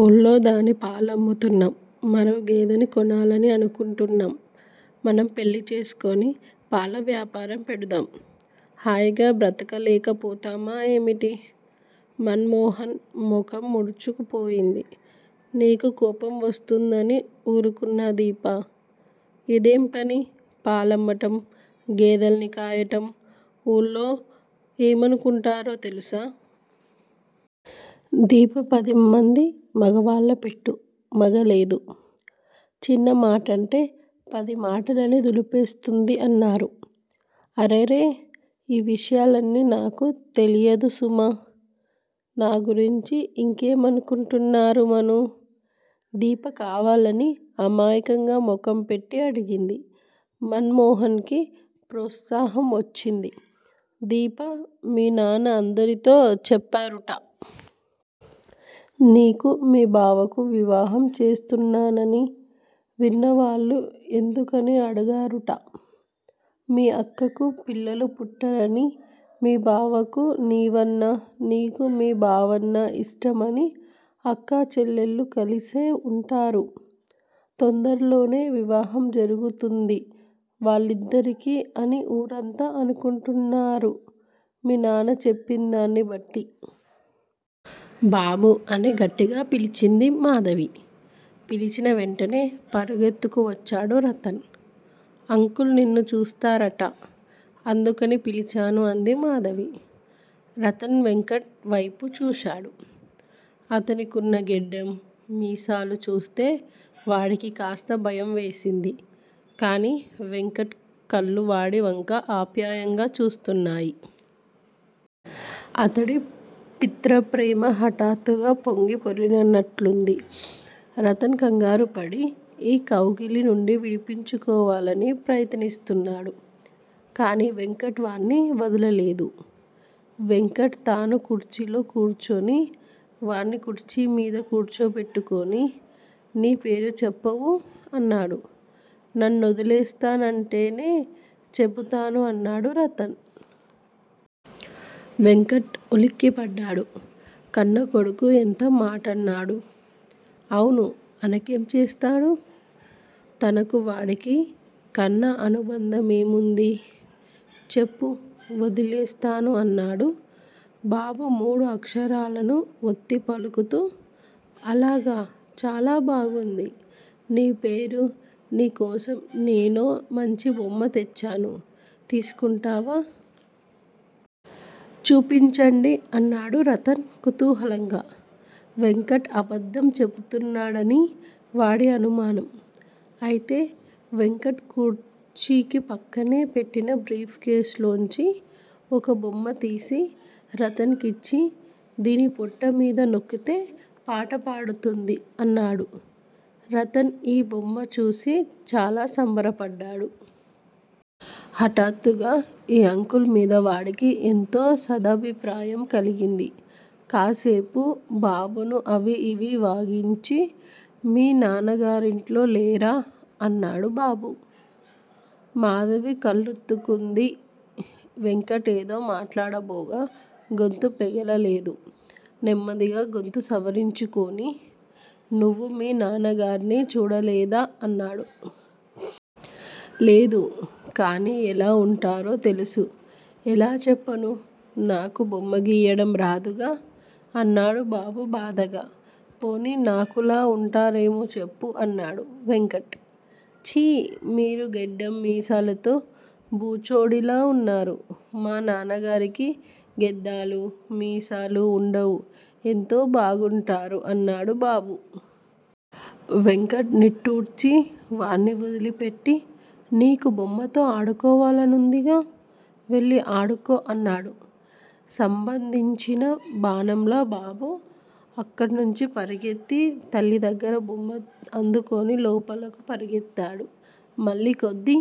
ఊళ్ళోదాని పాలు అమ్ముతున్నాం. మరో గేదెని కొనాలని అనుకుంటున్నాం, మనం పెళ్లిచేసుకుని పాల వ్యాపారం పెడదాం. హాయిగా బ్రతకలేక పోతామా ఏమిటి. మన్ మోహన్ ముఖం ముడుచుకు పోయింది. నీకు కోపం వస్తుందని ఊరుకున్నా దీపా! ఇదేంపని! పాలమ్మటం గేదెలని కాయటం ఊళ్ళో ఏమనుకుంటున్నారో తెలుసా. దీప పదిమంది మగవాళ్ళపెట్టు, మగాలేదు. చిన్నమాటంటే పది మాటలని దులిపేస్తుంది అన్నారు. అరెరె, ఈ విషయాలన్నీ నాకు తెలియదు సుమా! నా గురించి ఇంకేమనుకుంటున్నారు మనూ? దీప కావాలని అమాయకంగా ముఖంపెట్టి అడిగింది. మన్ మోహన్ కి ప్రోత్సాహం వచ్చింది. దీపా! మీనాన్న అందరితో చెప్పారుట. నీకు నీ బావకు వివాహం చేస్తున్నానని, విన్నవాళ్ళు ఎందుకని అడిగారుట. మీ అక్కకు పిల్లలు పుట్టరని మీ బావకు నీవన్నా నీకు మీ బావన్నా ఇష్టం అని అక్కచెల్లెళ్ళు కలిసే ఉంటారు. తొందరలోనే వివాహం జరుగుతుంది వాళ్ళిద్దరికి అని ఊరంత అనుకుంటున్నారు మీ నాన్న చెప్పిందాన్నిబట్టి. బాబూ! అని గట్టిగా పిలిచింది. మాధవి. పిలిచినా వేంటనే పరుగెత్తుకువచ్చాడు రతన్. అంకుల్ నిన్ను చూస్తారట. అందుకని పిలిచాను అంది మాధవి. రతన్ వెంకట్ వైపు చూశాడు. అతనికున్న గెడ్డం, మీసాలు చూస్తె వాడికి కాస్త భయం వేసింది. కానీ వెంకట్ కళ్ళు వాడి వంక ఆప్యాయంగా చూస్తున్నాయి. అతడి పిత్రప్రేమ హఠాత్తుగా పొంగి పొరలినట్లుంది. రతన్ కంగారుపడి ఈ కౌగిలి నుండి విడిపించుకోవాలని ప్రయత్నిస్తున్నాడు. కానీ వెంకట్ వాణ్ణి వదలలేదు. వెంకట్ తను కుర్చీలో కూర్చుని, వాణ్ణి కుర్చీ మీద కూర్చోబెట్టుకుని _ నీ పేరు చెప్పవూ? అన్నాడు. నన్నోదిలేస్తానంటే చెబుతాను అన్నాడు రతన్. వెంకట్ ఉలిక్కిపడ్డాడు. 'కన్నకొడుకు ఎంత మాటన్నాడు? అవును _ అనకేం చేస్తాడు? తనకూ వాడికీ కన్న అనుబంధమేముంది? చెప్పు _ వదిలేస్తాను అన్నాడు బాబు మూడు అక్షరాలను ఒత్తిపలుకుతూ. అలాగా చాలా బాగుంది. నీ పేరు నీ కోసం నేనో మంచి బొమ్మ తెచ్చాను. తీసుకుంటావా? చూపించండి అన్నాడు రతన్ కూతుహాలంగా. వెంకట్ అబద్దం చేబుతున్నాడని వాడి అనుమానం. అయితే వెంకట్ కుర్చీకి పక్కనే పెట్టిన భ్రీఫ్ కేస్ లోంచి ఒక బొమ్మ తీసి రతన్ కిచ్చి _ దీని పొట్ట మీద నొక్కితే పాట పాడుతుంది. అన్నాడు. రతన్ ఆ బొమ్మ చూసి చాలా సంబరబడ్డాడు. హఠాత్తుగా ఈ అంకుల్ మీద వాడికి ఎంతో సదభిప్రాయం కలిగింది. కాసేపు బాబును అవీ ఇవీ వాగించి, మీ నాన్నగారింట్లో లేరా? అన్నాడు బాబు. మాధవి కళ్ళోత్తుకుంది. వెంకట్ ఏదో మాట్లాడబోగా గొంతు పెగలలేదు. నెమ్మదిగా గొంతు సవరించుకుని, నువ్వు మీ నాన్నగార్ని చూడలేదా? అన్నాడు. లేదు. కానీ ఎలా వుంటారో తెలుసు. ఎలా చెప్పను _ నాకు బొమ్మ గీయడం రాదుగా? అన్నాడు బాబు బాధగా. పోనీ నాకులా ఉంటరేమో చెప్పు! అన్నాడు వెంకట్. ఛీ! మీరు గెడ్డం మీసాలతో బుచొడిలా వున్నారు. మా నాన్నగారికి గేద్దాలూ, మీసాలూ వుండవు, ఎంతో బాగుంటారు అన్నాడు బాబు. వెంకట్ నిట్టూర్చి వాణ్ని వదిలిపేట్టి, నీకు బొమ్మతో ఆడుకోవాలనుందిగా _ వెళ్ళి ఆడుకో అన్నాడు. సంభందించిన బాణంలా బాబు అక్కణ్ణుంచి పరుగెత్తి తల్లి దగ్గర బొమ్మ అందుకుని లోపలకు పరుగెత్తాడు. మళ్ళీ కొద్ది